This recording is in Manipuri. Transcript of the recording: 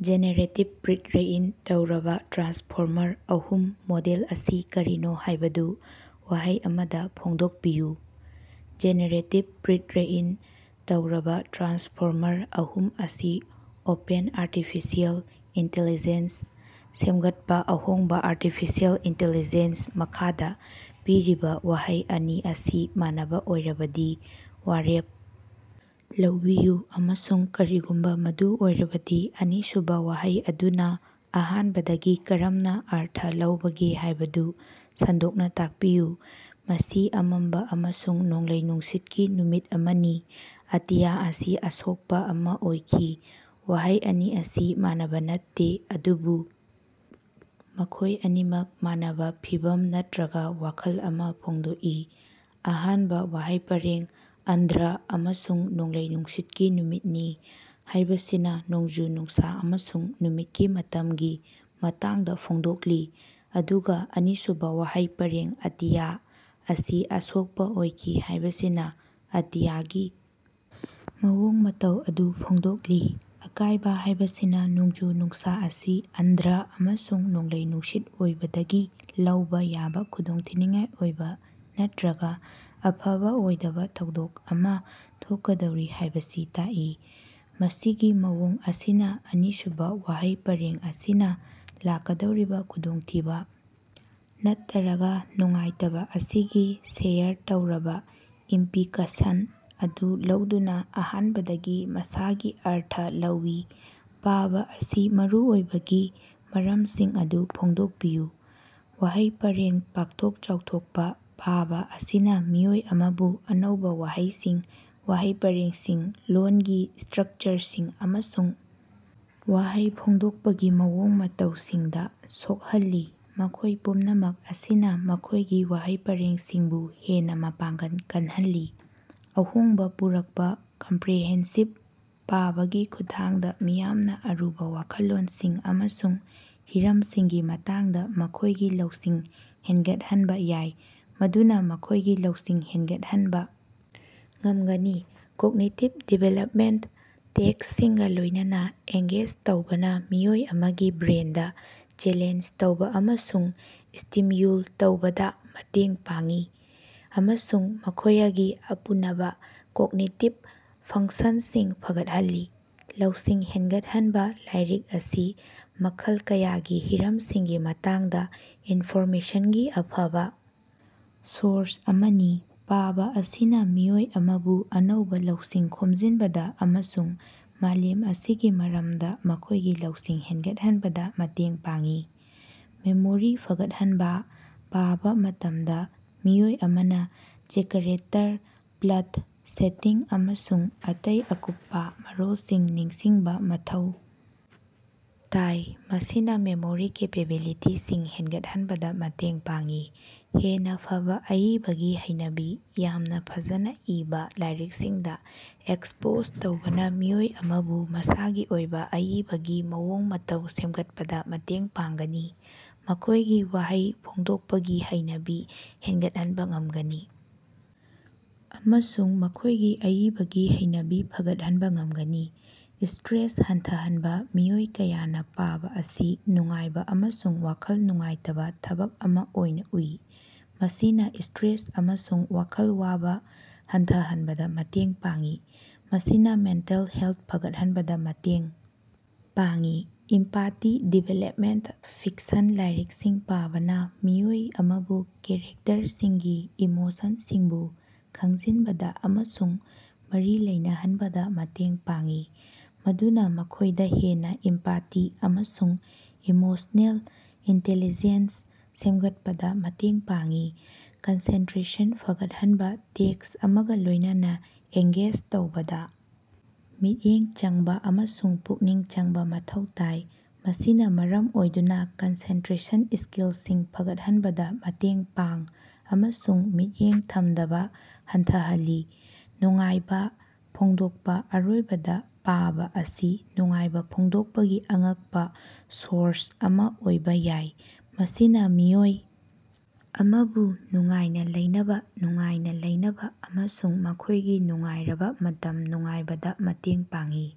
ꯖꯦꯅꯦꯔꯦꯇꯤꯕ ꯄ꯭ꯔꯤꯠꯔꯦꯏꯟ ꯇꯧꯔꯕ ꯇ꯭ꯔꯥꯟꯁꯐꯣꯔꯃꯔ ꯑꯍꯨꯝ ꯃꯣꯗꯦꯜ ꯑꯁꯤ ꯀꯔꯤꯅꯣ ꯍꯥꯏꯕꯗꯨ ꯋꯥꯍꯩ ꯑꯃꯗ ꯐꯣꯡꯗꯣꯛꯄꯤꯌꯨ꯫ ꯖꯦꯅꯦꯔꯦꯇꯤꯕ ꯄ꯭ꯔꯤꯠꯔꯦꯏꯟ ꯇꯧꯔꯕꯥ ꯇ꯭ꯔꯥꯟꯁꯐꯣꯔꯃꯔ ꯑꯍꯨꯝ ꯑꯁꯤ ꯑꯣꯄꯦꯟ ꯑꯥꯔꯇꯤꯐꯤꯁꯤꯑꯦꯜ ꯏꯟꯇꯤꯂꯤꯖ‌ꯦꯟꯁ ꯁꯦꯝꯒꯠꯄ ꯑꯍꯣꯡꯕ ꯑꯥꯔꯇꯤꯐꯤꯁꯤꯑꯦꯜ ꯏꯟꯇꯤꯂꯤꯖ‌ꯦꯟꯁ ꯃꯈꯥꯗ ꯄꯤꯔꯤꯕ ꯋꯥꯍꯩ ꯑꯅꯤ ꯑꯁꯤ ꯃꯥꯟꯅꯕ ꯑꯣꯏꯔꯕꯗꯤ ꯋꯥꯔꯦꯞ ꯂꯧꯕꯤꯌꯨ, ꯑꯃꯁꯨꯡ ꯀꯔꯤꯒꯨꯝꯕ ꯃꯗꯨ ꯑꯣꯏꯔꯕꯗꯤ ꯑꯅꯤꯁꯨꯕ ꯋꯥꯍꯩ ꯑꯗꯨꯅ ꯑꯍꯥꯟꯕꯗꯒꯤ ꯀꯔꯝꯅ ꯑꯔꯊ ꯂꯧꯕꯒꯦ ꯍꯥꯏꯕꯗꯨ ꯁꯟꯗꯣꯛꯅ ꯇꯥꯛꯄꯤꯌꯨ꯫ ꯃꯁꯤ ꯑꯃꯝꯕ ꯑꯃꯁꯨꯡ ꯅꯣꯡꯂꯩ ꯅꯨꯡꯁꯤꯠꯀꯤ ꯅꯨꯃꯤꯠ ꯑꯃꯅꯤ꯫ ꯑꯇꯤꯌꯥ ꯑꯁꯤ ꯑꯁꯣꯛꯄ ꯑꯃꯥ ꯑꯣꯏꯈꯤ꯫ ꯋꯥꯍꯩ ꯑꯅꯤ ꯑꯁꯤ ꯃꯥꯟꯅꯕ ꯅꯠꯇꯦ ꯑꯗꯨꯕꯨ ꯃꯈꯣꯏ ꯑꯅꯤꯃꯛ ꯃꯥꯟꯅꯕ ꯐꯤꯚꯝ ꯅꯠꯇꯔꯒ ꯋꯥꯈꯜ ꯑꯃ ꯐꯣꯡꯗꯣꯛꯏ꯫ ꯑꯍꯥꯟꯕ ꯋꯥꯍꯩ ꯄꯔꯦꯡ ꯑꯟꯙ꯭ꯔ ꯑꯃꯁꯨꯡ ꯅꯣꯡꯂꯩ ꯅꯨꯡꯁꯤꯠꯀꯤ ꯅꯨꯃꯤꯠꯅꯤ ꯍꯥꯏꯕꯁꯤꯅ ꯅꯣꯡꯖꯨ-ꯅꯨꯡꯁꯥ ꯑꯃꯁꯨꯡ ꯅꯨꯃꯤꯠꯀꯤ ꯃꯇꯝꯒꯤ ꯃꯇꯥꯡꯗ ꯐꯣꯡꯗꯣꯛꯂꯤ ꯑꯗꯨꯒ ꯑꯅꯤꯁꯨꯕ ꯋꯥꯍꯩ ꯄꯔꯦꯡ ꯑꯇꯤꯌꯥ ꯑꯁꯤ ꯑꯁꯣꯛꯄ ꯑꯣꯏꯈꯤ ꯍꯥꯏꯕꯁꯤꯅ ꯑꯇꯤꯌꯥꯒꯤ ꯃꯑꯣꯡ ꯃꯇꯧ ꯑꯗꯨ ꯐꯣꯡꯗꯣꯛꯂꯤ꯫ ꯑꯀꯥꯏꯕ ꯍꯥꯏꯕꯁꯤꯅ ꯅꯣꯡꯖꯨ-ꯅꯨꯡꯁꯥ ꯑꯁꯤ ꯑꯟꯙ꯭ꯔ ꯑꯃꯁꯨꯡ ꯅꯣꯡꯂꯩ-ꯅꯨꯡꯁꯤꯠ ꯑꯣꯏꯕꯗꯒꯤ ꯂꯧꯕꯥ ꯌꯥꯕ ꯈꯨꯗꯣꯡꯊꯤꯅꯤꯡꯉꯥꯏ ꯑꯣꯏꯕ ꯅꯠꯇꯔꯒ ꯑꯐꯕ ꯑꯣꯏꯗꯕ ꯊꯧꯗꯣꯛ ꯑꯃꯥ ꯊꯣꯛꯀꯗꯧꯔꯤ ꯍꯥꯏꯕꯁꯤ ꯇꯥꯛꯏ꯫ ꯃꯁꯤꯒꯤ ꯃꯑꯣꯡ ꯑꯁꯤꯅ ꯑꯅꯤꯁꯨꯕ ꯋꯥꯍꯩ ꯄꯔꯦꯡ ꯑꯁꯤꯅ ꯂꯥꯛꯀꯗꯧꯔꯤꯕ ꯈꯨꯗꯣꯡꯊꯤꯕ ꯅꯠꯇꯔꯒ ꯅꯨꯡꯉꯥꯏꯇꯕ ꯑꯁꯤꯒꯤ ꯁꯦꯌꯔ ꯇꯧꯔꯕ ꯏꯝꯄꯤꯀꯁꯟ ꯑꯗꯨ ꯂꯧꯗꯨꯅ ꯑꯍꯥꯟꯕꯗꯒꯤ ꯃꯁꯥꯒꯤ ꯑꯔꯊ ꯂꯧꯏ꯫ ꯄꯥꯕ ꯑꯁꯤ ꯃꯔꯨꯑꯣꯏꯕꯒꯤ ꯃꯔꯝꯁꯤꯡ ꯑꯗꯨ ꯐꯣꯡꯗꯣꯛꯄꯤꯌꯨ꯫ ꯋꯥꯍꯩ ꯄꯔꯦꯡ ꯄꯥꯛꯊꯣꯛ ꯆꯥꯎꯊꯣꯛꯄꯥ: ꯄꯥꯕ ꯑꯁꯤꯅ ꯃꯤꯑꯣꯏ ꯑꯃꯕꯨ ꯑꯅꯧꯕ ꯋꯥꯍꯩꯁꯤꯡ, ꯋꯥꯍꯩ ꯄꯔꯦꯡꯁꯤꯡ, ꯂꯣꯜꯒꯤ ꯁ꯭ꯇꯔꯛꯆꯔꯁꯤꯡ, ꯑꯃꯁꯨꯡ ꯋꯥꯍꯩ ꯐꯣꯡꯗꯣꯛꯄꯒꯤ ꯃꯑꯣꯡ ꯃꯇꯧꯁꯤꯡꯗ ꯁꯣꯛꯍꯜꯂꯤ, ꯃꯈꯣꯏ ꯄꯨꯝꯅꯃꯛ ꯑꯁꯤꯅ ꯃꯈꯣꯏꯒꯤ ꯋꯥꯍꯩ ꯄꯔꯦꯡꯁꯤꯡꯕꯨ ꯍꯦꯟꯅ ꯃꯄꯥꯡꯒꯜ ꯀꯜꯍꯜꯂꯤ꯫ ꯑꯍꯣꯡꯕ ꯄꯨꯔꯛꯄ ꯀꯝꯄ꯭ꯔꯦꯍꯦꯟꯁꯤꯕ: ꯄꯥꯕꯒꯤ ꯈꯨꯠꯊꯥꯡꯗ ꯃꯤꯌꯥꯝꯅ ꯑꯔꯨꯕ ꯋꯥꯈꯜꯂꯣꯟꯁꯤꯡ ꯑꯃꯁꯨꯡ ꯍꯤꯔꯝꯁꯤꯡꯒꯤ ꯃꯇꯥꯡꯗ ꯃꯈꯣꯏꯒꯤ ꯂꯧꯁꯤꯡ ꯍꯦꯟꯒꯠꯍꯟꯕ ꯌꯥꯏ, ꯃꯗꯨꯅ ꯃꯈꯣꯏꯒꯤ ꯂꯧꯁꯤꯡ ꯍꯦꯟꯒꯠꯍꯟꯕ ꯉꯝꯒꯅꯤ꯫ ꯀꯣꯒꯅꯤꯇꯤꯚ ꯗꯤꯚꯦꯂꯞꯃꯦꯟꯇ: ꯇꯦꯛꯁꯁꯤꯡꯒ ꯂꯣꯏꯅꯅ ꯑꯦꯡꯒꯦꯖ ꯇꯧꯕꯅ ꯃꯤꯑꯣꯏ ꯑꯃꯒꯤ ꯕ꯭ꯔꯦꯟꯗ ꯆꯦꯂꯦꯟꯖ ꯇꯧꯕ ꯑꯃꯁꯨꯡ ꯁ꯭ꯇꯤꯝꯌꯨꯜ ꯇꯧꯕꯗꯥ ꯃꯇꯦꯡ ꯄꯥꯡꯏ ꯑꯃꯁꯨꯡ ꯃꯈꯣꯌꯒꯤ ꯑꯄꯨꯅꯕꯥ ꯀꯣꯒꯅꯤꯇꯤꯚ ꯐꯪꯁꯟꯁꯤꯡ ꯐꯒꯠꯍꯜꯂꯤ꯫ ꯂꯧꯁꯤꯡ ꯍꯦꯟꯒꯠꯍꯟꯕ: ꯂꯥꯏꯔꯤꯛ ꯑꯁꯤ ꯃꯈꯜ ꯀꯌꯥꯒꯤ ꯍꯤꯔꯝꯁꯤꯡꯒꯤ ꯃꯇꯥꯡꯗ ꯏꯟꯐꯣꯔꯃꯦꯁꯟꯒꯤ ꯑꯐꯕ ꯁꯣꯔꯁ ꯑꯃꯅꯤ꯫ ꯄꯥꯕ ꯑꯁꯤꯅ ꯃꯤꯑꯣꯏ ꯑꯃꯕꯨ ꯑꯅꯧꯕ ꯂꯧꯁꯤꯡ ꯈꯣꯝꯖꯤꯟꯕꯗ ꯑꯃꯁꯨꯡ ꯃꯥꯂꯦꯝ ꯑꯁꯤꯒꯤ ꯃꯔꯝꯗ ꯃꯈꯣꯏꯒꯤ ꯂꯧꯁꯤꯡ ꯍꯦꯟꯒꯠꯍꯟꯕꯗ ꯃꯇꯦꯡ ꯄꯥꯡꯏ꯫ ꯃꯦꯃꯣꯔꯤ ꯐꯒꯠꯍꯟꯕꯥ: ꯄꯥꯕꯥ ꯃꯇꯝꯗ ꯃꯤꯑꯣꯏ ꯑꯃꯅ ꯆꯦꯀꯔꯦꯇꯔ, ꯄ꯭ꯂꯠ, ꯁꯦꯇꯤꯡ ꯑꯃꯁꯨꯡ ꯑꯇꯩ ꯑꯀꯨꯞꯄꯥ ꯃꯔꯣꯜꯁꯤꯡ ꯅꯤꯡꯁꯤꯡꯕ ꯃꯊꯧ ꯇꯥꯏ, ꯃꯁꯤꯅ ꯃꯦꯃꯣꯔꯤ ꯀꯦꯄꯦꯕꯤꯂꯤꯇꯤꯁꯤꯡ ꯍꯦꯟꯒꯠꯍꯟꯕꯗ ꯃꯇꯦꯡ ꯄꯥꯡꯏ꯫ ꯍꯦꯟꯅ ꯐꯕ ꯑꯏꯕꯒꯤ ꯍꯩꯅꯕꯤ: ꯌꯥꯝꯅ ꯐꯖꯅ ꯏꯕꯥ ꯂꯥꯏꯔꯤꯡꯁꯤꯡꯗ ꯑꯦꯛꯁꯄꯣꯖ ꯇꯧꯕꯅ ꯃꯤꯑꯣꯏ ꯑꯃꯕꯨ ꯃꯁꯥꯒꯤ ꯑꯣꯏꯕ ꯑꯏꯕꯒꯤ ꯃꯑꯣꯡ ꯃꯇꯧ ꯁꯦꯝꯒꯠꯄꯗ ꯃꯇꯦꯡ ꯄꯥꯡꯒꯅꯤ, ꯃꯈꯣꯏꯒꯤ ꯋꯥꯍꯩ ꯐꯣꯡꯗꯣꯛꯄꯒꯤ ꯍꯩꯅꯕꯤ ꯍꯦꯟꯒꯠꯍꯟꯕ ꯉꯝꯒꯅꯤ ꯑꯃꯁꯨꯡ ꯃꯈꯣꯏꯒꯤ ꯑꯏꯕꯒꯤ ꯍꯩꯅꯕꯤ ꯐꯒꯠꯍꯟꯕꯥ ꯉꯝꯒꯅꯤ꯫ ꯁ꯭ꯇꯔꯦꯁ ꯍꯟꯊꯍꯟꯕ: ꯃꯤꯑꯣꯏ ꯀꯌꯥꯅ ꯄꯥꯕ ꯑꯁꯤ ꯅꯨꯡꯉꯥꯏꯕ ꯑꯃꯁꯨꯡ ꯋꯥꯈꯜ ꯅꯨꯡꯉꯥꯏꯇꯕ ꯊꯕꯛ ꯑꯃ ꯑꯣꯏꯅ ꯎꯏ, ꯃꯁꯤꯅ ꯁ꯭ꯇꯔꯦꯁ ꯑꯃꯁꯨꯡ ꯋꯥꯈꯜ ꯋꯥꯕ ꯍꯟꯊꯍꯟꯕꯗ ꯃꯇꯦꯡ ꯄꯥꯡꯏ, ꯃꯁꯤꯅ ꯃꯦꯟꯇꯦꯜ ꯍꯦꯜꯊ ꯐꯒꯠꯍꯟꯕꯗ ꯃꯇꯦꯡ ꯄꯥꯡꯏ꯫ ꯏꯝꯄꯥꯇꯤ ꯗꯤꯚꯦꯂꯞꯃꯦꯟꯇ: ꯐꯤꯛꯁꯟ ꯂꯥꯏꯔꯤꯛꯁꯤꯡ ꯄꯥꯕꯅ ꯃꯤꯑꯣꯏ ꯑꯃꯕꯨ ꯀꯦꯔꯦꯛꯇꯔꯁꯤꯡꯒꯤ ꯏꯃꯣꯁꯟꯁꯤꯡꯕꯨ ꯈꯪꯖꯤꯟꯕꯗ ꯑꯃꯁꯨꯡ ꯃꯔꯤ ꯂꯩꯅꯍꯟꯕꯗ ꯃꯇꯦꯡ ꯄꯥꯡꯏ, ꯃꯗꯨꯅ ꯃꯈꯣꯏꯗ ꯍꯦꯟꯅ ꯏꯝꯄꯥꯇꯤ ꯑꯃꯁꯨꯡ ꯏꯃꯣꯁꯅꯦꯜ ꯏꯟꯇꯦꯂꯤꯖꯦꯟꯁ ꯁꯦꯝꯒꯠꯄꯗ ꯃꯇꯦꯡ ꯄꯥꯡꯏ꯫ ꯀꯟꯁꯦꯟꯇꯔꯦꯁꯟ ꯐꯒꯠꯍꯟꯕ: ꯇꯦꯛꯁ ꯑꯃꯒ ꯂꯣꯏꯅꯅ ꯑꯦꯡꯒꯦꯖ ꯇꯧꯕꯗ ꯃꯤꯠꯌꯦꯡ ꯆꯪꯕ ꯑꯃꯁꯨꯡ ꯄꯨꯛꯅꯤꯡ ꯆꯪꯕ ꯃꯊꯧ ꯇꯥꯏ, ꯃꯁꯤꯅ ꯃꯔꯝ ꯑꯣꯏꯗꯨꯅ ꯀꯟꯁꯦꯟꯇ꯭ꯔꯦꯁꯟ ꯁ꯭ꯀꯤꯜꯁꯤꯡ ꯐꯒꯠꯍꯟꯕꯗ ꯃꯇꯦꯡ ꯄꯥꯡ ꯑꯃꯁꯨꯡ ꯃꯤꯠꯌꯦꯡ ꯊꯝꯗꯕ ꯍꯟꯊꯍꯜꯂꯤ꯫ ꯅꯨꯡꯉꯥꯏꯕꯥ ꯐꯣꯡꯗꯣꯛꯄ: ꯑꯔꯣꯏꯕꯗ, ꯄꯥꯕ ꯑꯁꯤ ꯅꯨꯡꯉꯥꯏꯕ ꯐꯣꯡꯗꯣꯛꯄꯒꯤ ꯑꯉꯛꯄ ꯁꯣꯔꯁ ꯑꯃ ꯑꯣꯏꯕ ꯌꯥꯏ, ꯃꯁꯤꯅ ꯃꯤꯑꯣꯏ ꯑꯃꯕꯨ ꯅꯨꯡꯉꯥꯏꯅ ꯂꯩꯅꯕ, ꯅꯨꯡꯉꯥꯏꯅ ꯂꯩꯅꯕ ꯑꯃꯁꯨꯡ ꯃꯈꯣꯏꯒꯤ ꯅꯨꯡꯉꯥꯏꯔꯕ ꯃꯇꯝ ꯅꯨꯡꯉꯥꯏꯕꯗ ꯃꯇꯦꯡ ꯄꯥꯡꯏ꯫